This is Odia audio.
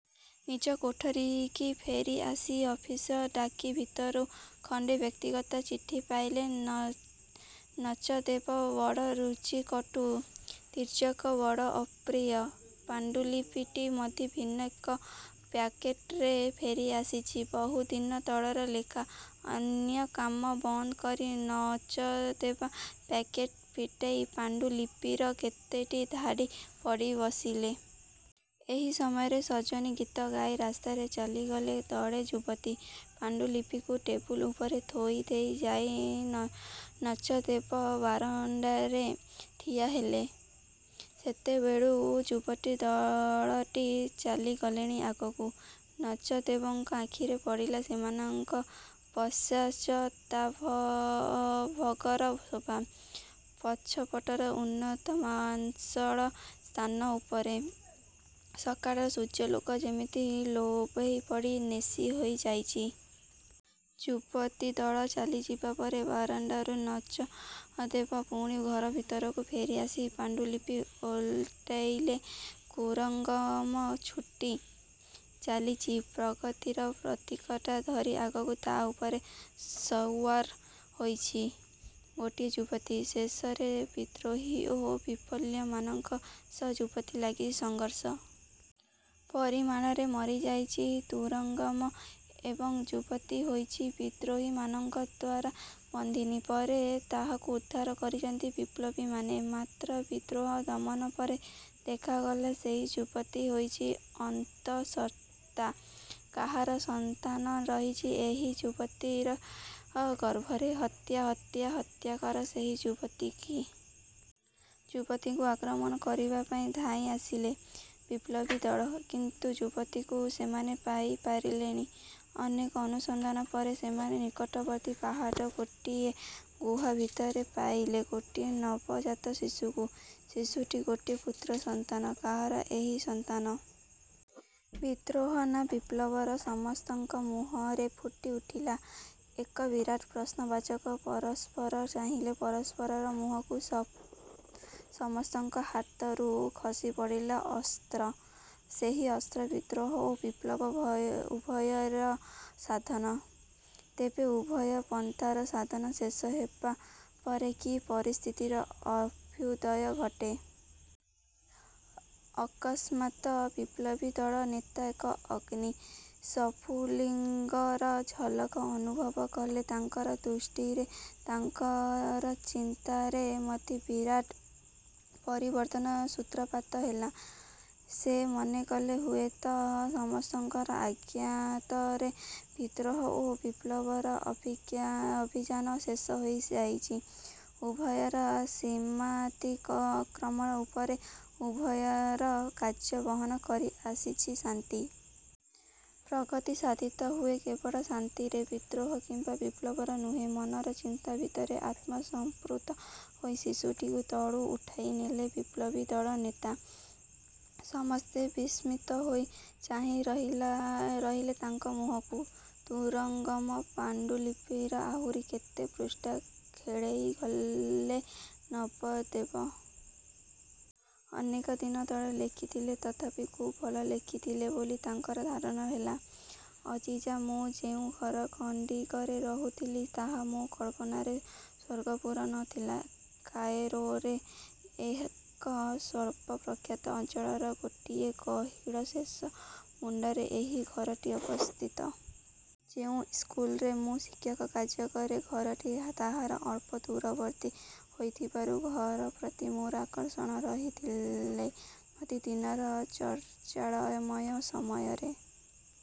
ନିଜ କୋଠରିକି ଫେରି ଆସି ଅଫିସର ଡାକ ଭିତରୁ ଖଣ୍ଡେ ବ୍ୟକ୍ତିଗତ ଚିଠି ପାଇଲେ ନଚନଚଦେବ। ବଡ଼ ରୁଚି କଟୁ, ତିର୍ଯକ, ବଡ଼ ଅପ୍ରିୟ। ପାଣ୍ଡୁଲିପିଟି ମଧ୍ୟ ଭିନ୍ନ ଏକ ପ୍ୟାକେଟରେ ଫେରି ଆସିଛି। ବହୁ ଦିନ ତଳର ଲେଖା। ଅନ୍ୟ କାମ ବନ୍ଦ କରି ନଚଦେବ ପ୍ୟାକେଟ ଫିଟେଇ ପାଣ୍ଡୁ ଲିପିର କେତୋଟି ଧାଡ଼ି ପଢ଼ି ବସିଲେ। ଏହି ସମୟରେ 'ସଜନୀ' ଗୀତ ଗାଇ ରାସ୍ତାରେ ଚାଲିଗଲେ ଦଳେ ଯୁବତୀ। ପାଣ୍ଡୁଲିପିକୁ ଟେବୁଲ ଉପରେ ଥୋଇ ଦେଇ ଯାଇ ନଚଦେବ ବାରଣ୍ଡାରେ ଠିଆ ହେଲେ। ସେତେବେଳକୁ ଯୁବତୀ ଦଳଟି ଚାଲିଗଲେଣି ଆଗକୁ। ନଚଦେବଙ୍କ ଆଖିରେ ପଡ଼ିଲା ସେମାନଙ୍କ ପଶ୍ଚାତ୍ଭାଗର ଶୋଭା। ପଛପଟର ଉନ୍ନତ ମାଂସଳ ସ୍ଥାନ ଉପରେ ସକାଳର ସୂର୍ଯ୍ୟାଲୋକ ଯେମିତି ଲୋଭେଇ ପଡ଼ି ନେଶି ହେଇ ଯାଇଚି। ଯୁବତୀଦଳ ଚାଲିଯିବା ପରେ ବାରଣ୍ଡାରୁ ନଚଦେବ ପୁଣି ଘର ଭିତରକୁ ଫେରି ଆସି ପାଣ୍ଡୁଲିପି ଓଲଟେଇଲେ। 'କୁରଙ୍ଗମ ଛୁଟି ଚାଲିଛି ପ୍ରଗତିର ପ୍ରତୀକତା ଧରି ଆଗକୁ, ତା' ଉପରେ ସଓ୍ୟାର୍ ହୋଇଛି ଗୋଟିଏ ଯୁବତୀ; ଶେଷରେ ବିଦ୍ରୋହୀ ଓ ବିପ୍ଳବୀମାନଙ୍କ ସହ ଯୁବତୀର ଲାଗିଛି ସଂଘର୍ଷ। ପରିଣାମରେ ମରି ଯାଇଛି ତୁରଙ୍ଗମ ଏବଂ ଯୁବତୀ ହୋଇଛି ବିଦ୍ରୋହୀମାନଙ୍କଦ୍ଵାରା ବନ୍ଦିନୀ। ପରେ ତାହାକୁ ଉଦ୍ଧାର କରିଛନ୍ତି ବିପ୍ଳବୀମାନେ। ମାତ୍ର ବିଦ୍ରୋହ ଦମନ ପରେ ଦେଖାଗଲା, ସେହି ଯୁବତୀ ହୋଇଛି ଅନ୍ତଃସତ୍ତ୍ଵା। କାହାର ସନ୍ତାନ ରହିଛି ଏହି ଯୁବତୀର ଗର୍ଭରେ? ହତ୍ୟା, ହତ୍ୟା। ହତ୍ୟାକର ସେହି ଯୁବତୀକି। ଯୁବତୀଙ୍କୁ ଆକ୍ରମଣ କରିବା ପାଇଁ ଧାଇଁ ଆସିଲେ ବିପ୍ଳବୀର ଦଳ। କିନ୍ତୁ ଯୁବତୀକୁ ସେମାନେ ପାଇ ପାରିଲେନି। ଅନେକ ଅନୁସନ୍ଧାନ ପରେ ସେମାନେ ନିକଟବର୍ତ୍ତୀ ପାହାଡ଼ର ଗୋଟିଏ ଗୁହା ଭିତରେ ପାଇଲେ ଗୋଟିଏ ନବଜାତ ଶିଶୁକୁ। ଶିଶୁଟି ଗୋଟିଏ ପୁତ୍ର ସନ୍ତାନ। କାହାର ଏହି ସନ୍ତାନ? ବିଦ୍ରୋହ ନା ବିପ୍ଳବର? ସ ସମସ୍ତଙ୍କ ମୁହଁରେ ଫୁଟି ଉଠିଲା ଏକ ବିରାଟ ପ୍ରଶ୍ନବାଚକ। ପରସ୍ପର ଚାହିଁଲେ ପରସ୍ପରର ମୁହଁକୁ। ସମସ୍ତଙ୍କ ହାତରୁ ଖସି ପଡ଼ିଲା ଅସ୍ତ୍ର। ସେହି ଅସ୍ତ୍ର ବିଦ୍ରୋହ ଓ ବିପ୍ଳବ ଉଭୟର ସାଧନ। ତେବେ, ଉଭୟ ପନ୍ଥାର ସାଧନ ଶେଷ ହେବା ପରେ କି ପରିସ୍ଥିତିର ଅଭ୍ୟୁଦୟ ଘଟେ? ଅକସ୍ମାତ୍ ବିପ୍ଳବୀଦଳର ନେତା ଏକ ଅଗ୍ନି ସ୍ଫୁଲିଙ୍ଗର ଝଲକ ଅନୁଭବ କଲେ ତାଙ୍କର ଦୃଷ୍ଟିରେ। ତାଙ୍କର ଚିନ୍ତାରେ ମଧ୍ୟ ବିରାଟ ପରିବର୍ତ୍ତନର ସୂତ୍ରପାତ ହେଲା। ସେ ମନେ କଲେ, ହୁଏତ ସମସ୍ତଙ୍କର ଅଜ୍ଞାତରେ ବିଦ୍ରୋହ ଓ ବିପ୍ଳବର ଅଭିଯାନ ଶେଷ ହୋଇଯାଇଛି। ଉଭୟର ସୀମାତିକ୍ରମଣ ପରେ ଉଭୟର କାର୍ଯ୍ୟ ବହନ କରି ଆସିଛି ଶାନ୍ତି। ପ୍ରଗତି ସାଧିତ ହୁଏ କେବଳ ଶାନ୍ତିରେ, ବିଦ୍ରୋହ କିମ୍ବା ବିପ୍ଳବରେ ନୁହେଁ। ମନର ଚିନ୍ତା ଭିତରେ ଆତ୍ମସମ୍ବୃତ ହୋଇ ଶିଶୁଟିକୁ ତଳୁ ଉଠେଇ ନେଲେ ବିପ୍ଳବୀଦଳର ନେତା। ସମସ୍ତେ ବିସ୍ମିତ ହୋଇ ଚାହିଁ ରହିଲେ ତାଙ୍କ ମୁହଁକୁ। ତୁରଙ୍ଗମ! ପାଣ୍ଡୁଲିପିର ଆହୁରି କେତେ ପୃଷ୍ଠା ଖେଳେଇ ଗଲେ ନଚଦେବ। ଅନେକ ଦିନ ତଳେ ଲେଖିଥିଲେ, ତଥାପି ଖୁବ୍ ଭଲ ଲେଖିଥିଲେ ବୋଲି ତାଙ୍କର ଧାରଣା ହେଲା। ଅଜିଜା ମୁଁ ଯେଉଁ ଘର ଖଣ୍ଡିକରେ ରହୁଥିଲି, ତାହା ମୋ କଳ୍ପନାର ସ୍ଵର୍ଗପୁର ନ ଥିଲା। କାଏରୋରେ ଏକ ସ୍ୱଳ୍ପପ୍ରଖ୍ୟାତ ଅଞ୍ଚଳର ଗୋଟିଏ ଗଳିର ଶେଷ ମୁଣ୍ଡରେ ଏହି ଘରଟି ଅବସ୍ଥିତ। ଯେଉଁ ଇସ୍କୁଲରେ ମୁଁ ଶିକ୍ଷକର କାର୍ଯ୍ୟ କରେ, ଘରଟି ତାହାର ଅଳ୍ପ ଦୂରବର୍ତ୍ତୀ ହୋଇଥିବାରୁ ଘରପ୍ରତି ମୋର ଆକର୍ଷଣ ରହିଥିଲେ। ମଧ୍ୟ ଦିନର ଜଞ୍ଜାଳମୟ ସମୟର